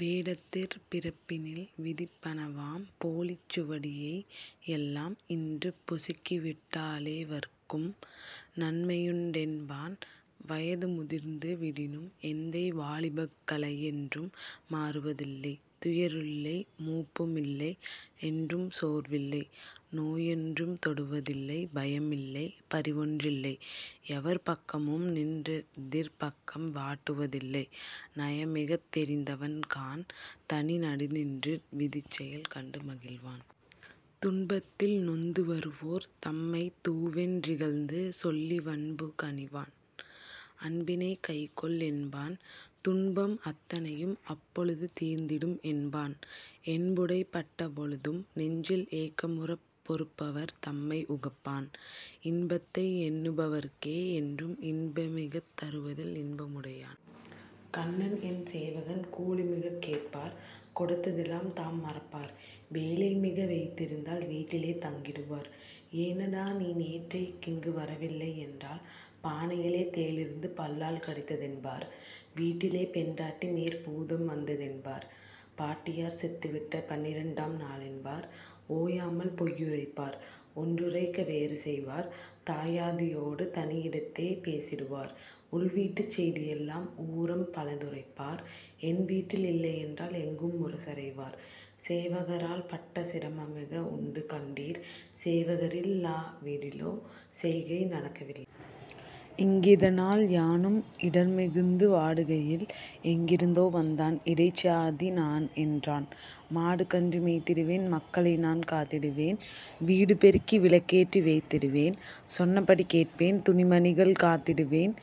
வேடத்திற் பிறப்பினில் விதிப்பன வாம் போலிச் சுவடியை யெல்லாம் இன்று பொசுக்கிவிட்டாலெவர்க்கும் நன்மையுண்டென்பான். வயது முதிர்ந்து விடினும் எந்தை வாலிபக் களையென்றும் மாறுவதில்லை; துயரில்லை; மூப்பு மில்லை, என்றும் சோர்வில்லை; நோயொன்றும் தொடுவ தில்லை; பயமில்லை, பரிவொன்றில்லை, எவர் பக்கமும்நின் றெதிர்ப்பக்கம் வாட்டுவ தில்லை நயமிகத் தெரிந்தவன் காண்; தனி நடுநின்று விதிச்செயல் கண்டு மகிழ்வான். துன்பத்தில் நொந்து வருவோர் தம்மைத் தூவென் றிகழ்ந்து சொல்லி வன்பு கனிவான்; அன்பினைக் கைக்கொள் என்பான்; துன்பம் அத்தனையும் அப்பொழுது தீர்ந்திடும் என்பான்; என்புடை பட்ட பொழுதும் நெஞ்சில் ஏக்கமுறப் பொறுப்பவர் தம்மை உகப்பான்; இன்பத்தை எண்ணு பவர்க்கே என்றும் இன்பமிகத் தருவதில் இன்ப முடையான்... கண்ணன் என் சேவகன் கூலிமிகக் கேட்பார் கொடுத்ததெலாம் தாம் மறப்பார்: வேலைமிக வைத்திருந்தால் வீட்டிலே தங்கிடுவார்; 'ஏனடா, நீ நேற்றைக் கிங்குவர வில்லை' யென்றால் பானையிலே தேளிருந்து பல்லால் கடித்த தென்பார்; வீட்டிலே பெண்டாட்டி மேற்பூதம் வந்ததென்பார்; பாட்டியார் செத்துவிட்ட பன்னிரண்டாம் நாளென்பார்; ஓயாமல் பொய்யுரைப்பார்; ஒன்றுரைக்க வேறுசெய்வார்; தாயாதி யோடு தனியிடத்தே பேசிடுவார்; உள்வீட்டுச் செய்தியெல்லாம் ஊரம் பலத்துரைப்பார்; என்வீட்டில் இல்லையென்றால் எங்கும் முரசறைவார்; சேவகரால் பட்ட சிரமமிக உண்டு கண்டீர்; சேவகரில் லாவிடிலோ, செய்கை நடக்கவில்லை. இங்கிதனால் யானும் இடர்மிகுந்து வாடுகையில்; எங்கிருந்தோ வந்தான், 'இடைச்சாதி நான்' என்றான்; ''மாடுகன்று மேய்த்திடுவேன், மக்களை நான் காத்திடுவேன் வீடு பெருக்கி விளக்கேற்றி வைத்திடுவேன்; சொன்னபடி கேட்பேன்; துணிமணிகள் காத்திடுவேன்;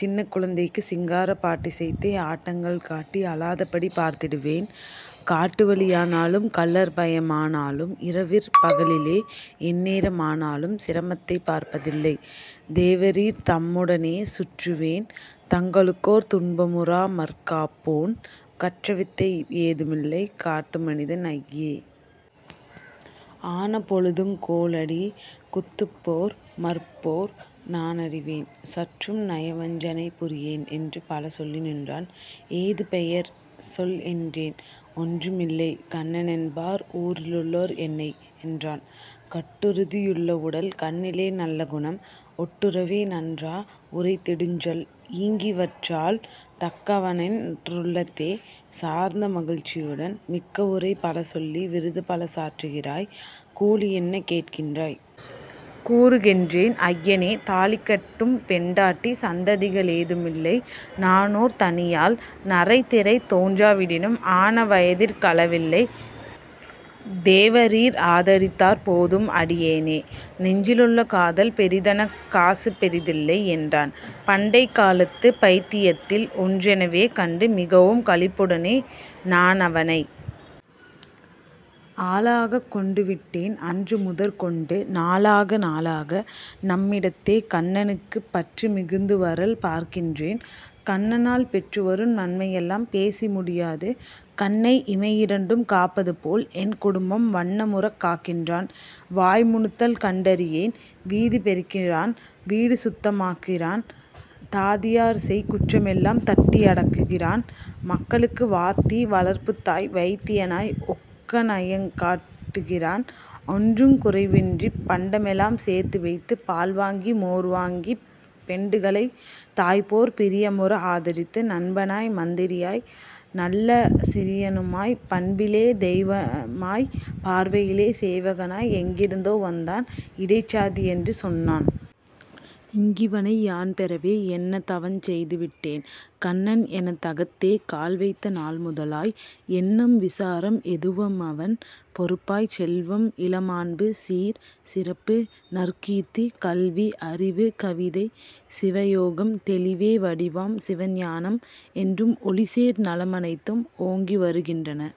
சின்னக் குழந்தைக்குச் சிங்காரப் பாட்டிசைத்தே ஆட்டங்கள் காட்டி அழாதபடி பார்த்திடுவேன்; காட்டுவழி யானாலும், கள்ளர்பய மானாலும்; இரவிற் பகலிலே எந்நேர மானாலும் சிரமத்தைப் பார்ப்பதில்லை, தேவரீர் தம்முடனே சுற்றுவேன் தங்களுக்கோர் துன்பமுறா மற்காப்போன்; கற்ற வித்தை யேதுமில்லை; காட்டு மனிதன்; ஐயே! ஆன பொழுதுங் கோலடி குத்துப்போர் மற்போர் நானறிவேன்; சற்றும் நயவஞ் சனைபுரியேன்'' என்றுபல சொல்லி நின்றான் ''ஏது பெயர்? சொல்'' என்றேன் ''ஒன்றுமில்லை; கண்ணனென்பார் ஊரிலுள்ளோர் என்னை'' என்றான். கட்டுறுதி யுள்ளவுடல், கண்ணிலே நல்லகுணம் ஒட்டுறவே நன்றா உரைத்திடுஞ்சொல் -ஈங்கிவற்றால்; தக்கவனென் றுள்ளத்தே சார்ந்த மகிழ்ச்சியுடன், ''மிக்கவுரை பலசொல்லி விருதுபல சாற்றுகிறாய்; கூலியென்ன கேட்கின்றாய்? கூறு'' கென்றேன். ''ஐயனே! தாலிகட்டும் பெண்டாட்டி சந்ததிக ளேதுமில்லை; நானோர் தனியாள்; நரைதிரை தோன்றா விடினும் ஆன வயதிற் களவில்லை; தேவரீர் ஆதரித்தாற் போதும் அடியேனை; நெஞ்சிலுள்ள காதல் பெரிதெனக்குக் காசுபெரி தில்லை'' யென்றான். பண்டைக் காலத்து பயித்தியத்தில் ஒன்றெனவே கண்டு மிகவும் களிப்புடனே நானவனை. ஆளாகக் கொண்டு விட்டேன் அன்று முதற்கொண்டு, நாளாக நாளாக, நம்மிடத்தே கண்ணனுக்குப் பற்று மிகுந்துவரல் பார்க்கின்றேன்; கண்ணனால் பெற்றுவரும் நன்மையெல்லாம் பேசி முடியாது கண்ணை இமையிரண்டும் காப்பதுபோல், என் குடும்பம் வண்ணமுறக் காக்கின்றான் வாய்முணுத்தல் கண்டிறியேன் வீதி பெருக்குகிறான்; வீடு சுத்த மாக்குகிறான்; தாதியர்செய் குற்றமெல்லாம் தட்டி யடக்குகிறான்; மக்களுக்கு வாத்தி, வளர்ப்புத்தாய், வைத்தியனாய் ஒக்கநயங் காட்டுகிறான்; ஒன்றுங் குறைவின்றிப் பண்டமெலாம் சேர்த்துவைத்துப் பால்வாங்கி மோர் வாங்கிப் பெண்டுகளைத் தாய்போற் பிரியமுற ஆதரித்து நண்பனாய், மந்திரியாய், நல்ல சிரியனுமாய், பண்பிலே தெய்வமாய்ப் பார்வையிலே சேவகனாய், எங்கிருந்தோ வந்தான், இடைச்சாதியென்று சொன்னான். இங்கிவனை யான் பெறவே என்னதவஞ் செய்து விட்டேன்! கண்ணன் என தகத்தே கால்வைத்த நாள்முதலாய் எண்ணம் விசாரம் எதுவுமவன் பொறுப்பாய்ச் செல்வம், இளமாண்பு, சீர், சிறப்பு, நற்கீர்த்தி, கல்வி, அறிவு, கவிதை, சிவ யோகம், தெளிவே வடிவாம் சிவஞானம், என்றும் ஒளிசேர் நலமனைத்தும் ஓங்கிவரு கின்றன